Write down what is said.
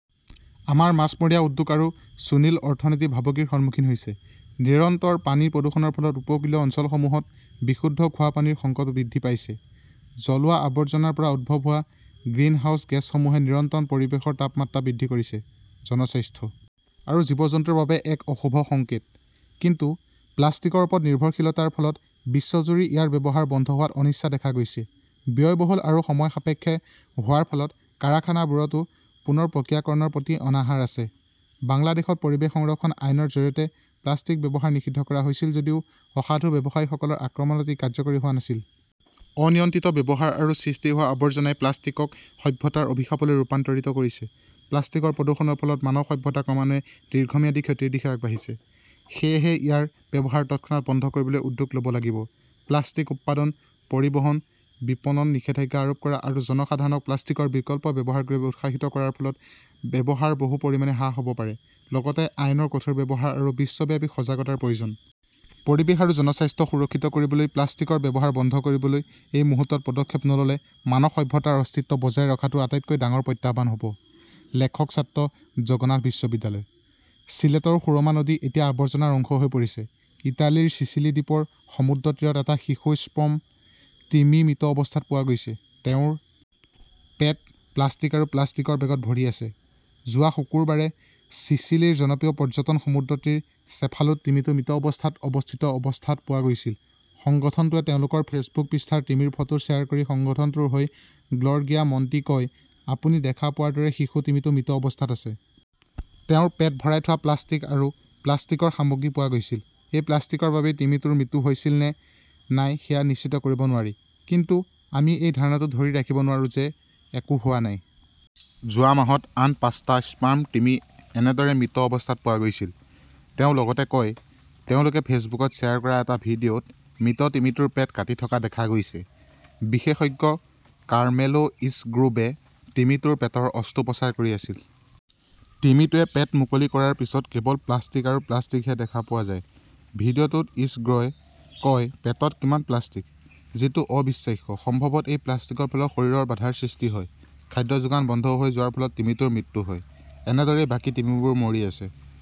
আমাৰ মাছমৰীয়া উদ্যোগ আৰু সুনীল অৰ্থনীতি ভাবুকিৰ সন্মুখীন হৈছে। নিৰন্তৰ পানী প্ৰদূষণৰ ফলত উপকূলীয় অঞ্চলসমূহত বিশুদ্ধ খোৱা পানীৰ সংকট বৃদ্ধি পাইছে, জ্বলোৱা আৱৰ্জনাৰ পৰা উদ্ভৱ হোৱা গ্ৰিনহাউজ গেছসমূহে নিৰন্তৰ পৰিৱেশৰ তাপমাত্ৰা বৃদ্ধি কৰিছে। জনস্বাস্থ্য আৰু জীৱ-জন্তুৰ বাবে এক অশুভ সংকেত। কিন্তু প্লাষ্টিকৰ ওপৰত নিৰ্ভৰশীলতাৰ ফলত বিশ্বজুৰি ইয়াৰ ব্যৱহাৰ বন্ধ হোৱাত অনিচ্ছা দেখা গৈছে। ব্যয়বহুল আৰু সময়সাপেক্ষ হোৱাৰ ফলত কাৰাখানাবোৰতো পুনৰ প্ৰক্ৰিয়াকৰণৰ প্ৰতি অনাহাৰ আছে। বাংলাদেশত পৰিৱেশ সংৰক্ষণ আইনৰ জৰিয়তে প্লাষ্টিকৰ ব্যৱহাৰ নিষিদ্ধ কৰা হৈছিল যদিও অসাধু ব্যৱসায়ীসকলৰ আক্ৰমণত ই কাৰ্যকৰী হোৱা নাছিল। অনিয়ন্ত্ৰিত ব্যৱহাৰ আৰু সৃষ্টি হোৱা আৱৰ্জনাই প্লাষ্টিকক সভ্যতাৰ অভিশাপলৈ ৰূপান্তৰিত কৰিছে। প্লাষ্টিকৰ প্ৰদূষণৰ ফলত মানৱ সভ্যতা ক্ৰমান্বয়ে দীৰ্ঘম্যাদী ক্ষতিৰ দিশে আগবাঢ়িছে। সেয়েহে ইয়াৰ ব্যৱহাৰ তৎক্ষণাত বন্ধ কৰিবলৈ উদ্যোগ ল 'ব লাগিব। প্লাষ্টিক উৎপাদন, পৰিবহণ, বিপণন নিষেধাজ্ঞা আৰোপ কৰা আৰু জনসাধাৰণক প্লাষ্টিকৰ বিকল্প ব্যৱহাৰ কৰিবলৈ উৎসাহিত কৰাৰ ফলত ব্যৱহাৰ বহু পৰিমাণে হ্ৰাস হ'ব পাৰে লগতে আইনৰ কঠোৰ ব্যৱহাৰ আৰু বিশ্বব্যাপী সজাগতাৰ প্ৰয়োজন। পৰিৱেশ আৰু জনস্বাস্থ্য সুৰক্ষিত কৰিবলৈ প্লাষ্টিকৰ ব্যৱহাৰ বন্ধ কৰিবলৈ এই মুহূৰ্তত পদক্ষেপ নল 'লে মানৱ সভ্যতাৰ অস্তিত্ব বজাই ৰখাটোৱেই আটাইতকৈ ডাঙৰ প্ৰত্যাহ্বান হ'ব। লেখক ছাত্ৰ, জগন্নাথ বিশ্ববিদ্যালয়। ছিলেটৰ সুৰমা নদী এতিয়া আৱৰ্জনাৰ অংশ হৈ পৰিছে ইটালীৰ চিচিলি দ্বীপৰ সমুদ্ৰতীৰত এটা শিশু স্পৰ্ম তিমি মৃত অৱস্থাত পোৱা গৈছে। তেওঁৰ পেট প্লাষ্টিক আৰু প্লাষ্টিকৰ বেগত ভৰি আছে। যোৱা শুক্ৰবাৰে চিচিলিৰ জনপ্ৰিয় পৰ্যটন সমুদ্ৰতীৰ চেফালুত তিমিটো মৃত অৱস্থাত অৱস্থিত অৱস্থাত পোৱা গৈছিল। সংগঠনটোৱে তেওঁলোকৰ ফেচবুক পৃষ্ঠাত তিমিৰ ফটো শ্বেয়াৰ কৰি সংগঠনটোৰ হৈ গ্ল'ৰগিয়া মণ্টি কয়, আপুনি দেখা পোৱাৰ দৰে শিশু তিমিটো মৃত অৱস্থাত আছে। তেওঁৰ পেট ভৰাই থোৱা প্লাষ্টিক আৰু প্লাষ্টিকৰ সামগ্ৰী পোৱা গৈছিল। এই প্লাষ্টিকৰ বাবেই তিমিটোৰ মৃত্যু হৈছিল নে নাই সেয়া নিশ্চিত কৰিব নোৱাৰি। কিন্তু আমি এই ধাৰণাটো ধৰি ৰাখিব নোৱাৰোঁ যে একো হোৱা নাই। যোৱা মাহত আন পাঁচটা স্পাৰ্ম তিমি এনেদৰে মৃত অৱস্থাত পোৱা গৈছিল, তেওঁ লগতে কয়। তেওঁলোকে ফেচবুকত শ্বেয়াৰ কৰা এটা ভিডিঅ'ত মৃত তিমিটোৰ পেট কাটি থকা দেখা গৈছে। বিশেষজ্ঞ কাৰ্মেলো ইছগ্ৰোৱে তিমিটোৰ পেটৰ অস্ত্ৰোপচাৰ কৰি আছিল। তিমিটোৱে পেট মুকলি কৰাৰ পিছত কেৱল প্লাষ্টিক আৰু প্লাষ্টিকহে দেখা পোৱা যায়। ভিডিঅ'টোত ইছগ্ৰ'ই কয়, পেটত ইমান প্লাষ্টিক! যিটো অবিশ্বাস্য। সম্ভৱত এই প্লাষ্টিকৰ ফলত শৰীৰত বাধাৰ সৃষ্টি হয়, খাদ্য যোগান বন্ধ হৈ যোৱাৰ ফলত তিমিটোৰ মৃত্যু হয়। এনেদৰেই বাকী তিমিবোৰ মৰি আছে।